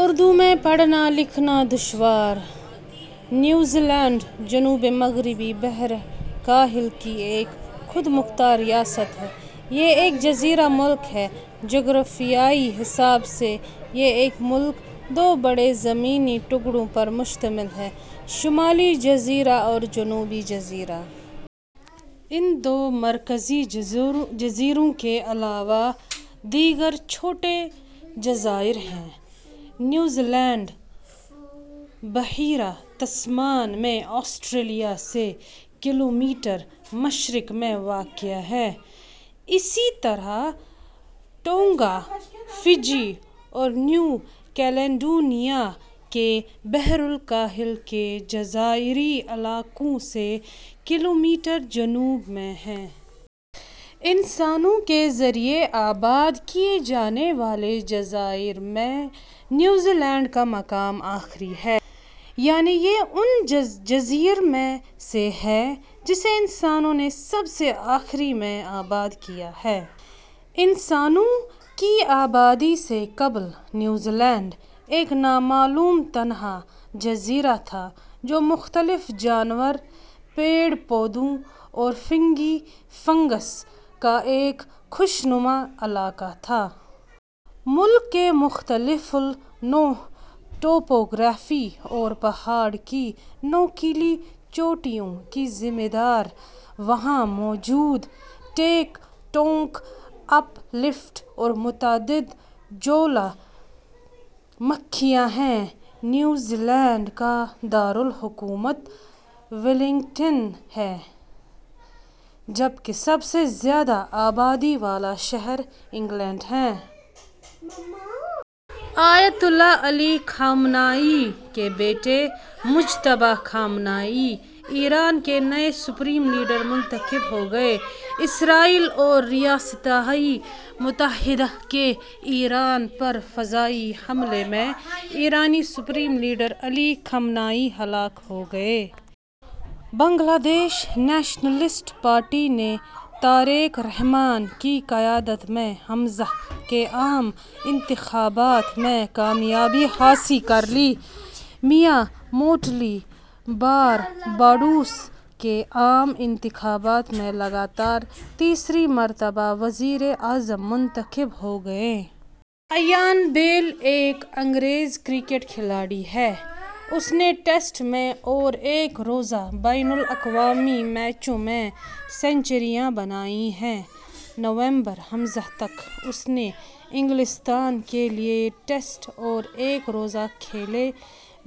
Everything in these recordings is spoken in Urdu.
اردو میں پڑھنا لکھنا دشوار؟ نیوزی لینڈ جنوب مغربی بحر الکاہل کی ایک خود مختار ریاست ہے۔ یہ ایک جزیرہ ملک ہے۔ جغرافیائی حساب سے یہ ملک دو بڑے زمینی ٹکڑوں پر مشتمل ہے؛ شمالی جزیرہ اور جنوبی جزیرہ۔ ان دو مرکزی جزیروں کے علاوہ دیگر چھوٹے جزائر ہیں۔ نیوزی لینڈ بحیرہ تسمان میں آسٹریلیا سے کلومیٹر مشرق میں واقع ہے۔ اسی طرح ٹونگا ، فجی اور نیو کیلیڈونیا کے بحر الکاحل کے جزائری علاقوں سے کلومیٹر جنوب میں ہے۔ انسانوں کے ذریعے آباد کیے جانے والے جزائر میں نیوزی لینڈ کا مقام آخری ہے۔ یعنی یہ ان جزئر میں سے ہے جسے انسانوں نے سب سے آخری میں آباد کیا ہے۔ انسانوں کی آبادی سے قبل نیوزی لینڈ ایک نا معلوم تنہا جزیرہ تھا جو مختلف جانور، پیڑ پودوں اور فنگی فنگس کا ایک خوشنما علاقہ تھا۔ ملک کی مختلف النوع ٹوپوگرافی اور پہاڑ کی نوکیلی چوٹیوں کی ذمہ دار وہاں موجود ٹیک ٹونک اپ لفٹ اور متعدد جوالہ مکھیاں ہیں۔ نیوزی لینڈ کا دار الحکومت ویلنگٹن ہے جبکہ سب سے زیادہ آبادی والا شہر آکلینڈ ہے۔ آیت اللہ علی خامنہ ای کے بیٹے مجتبیٰ خامنہ ای ایران کے نئے سپریم لیڈر منتخب ہو گئے۔ اسرائیل اور ریاستہائے متحدہ کے ایران پر فضائی حملے میں ایرانی supreme leader Ali Khamenei ہلاک ہو گئے۔ بنگلہ دیش نیشنلسٹ پارٹی نے طارق رحمٰن کی قیادت میں ء کے عام انتخابات میں کامیابی حاصل کرلی۔ میا موٹلی بارباڈوس کے عام انتخابات میں لگاتار تیسری مرتبہ وزیرِ اعظم منتخب ہو گئیں۔ ایان بیل ایک انگریز کرکٹ کھلاڑی ہے۔ اس نے ٹیسٹ میں اور ایک روزہ بین الاقوامی میچوں میں سنچریاں بنائی ہیں۔ نومبر ء تک، اس نے انگلستان کے لیے ٹیسٹ اور ایک روزہ کھیلے،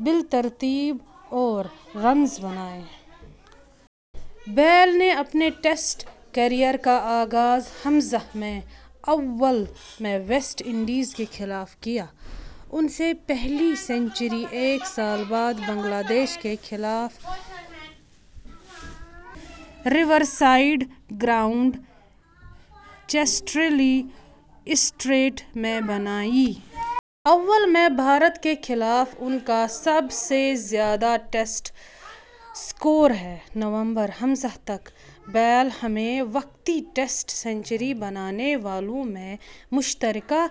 بالترتیب اور رنز بنائے۔ بیل نے اپنے ٹیسٹ کیریئر کا آغاز ء میں اوول میں ویسٹ انڈیز کے خلاف کیا۔ ان نے پہلی سنچری ایک سال بعد بنگلہ دیش کے خلاف ریورسائیڈ گراؤنڈ ، چیسٹرلی اسٹریٹ میں بنائی۔ اوول میں بھارت کے خلاف ان کا سب سے زیادہ ٹیسٹ سکور ہے۔ نومبر ء تک، بیل ہمہ وقتی ٹیسٹ سنچری بنانے والوں میں مشترکہ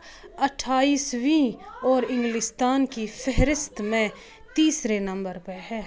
اٹھائیسویں اور انگلستان کی فہرست میں تیسرے نمبر پر ہے۔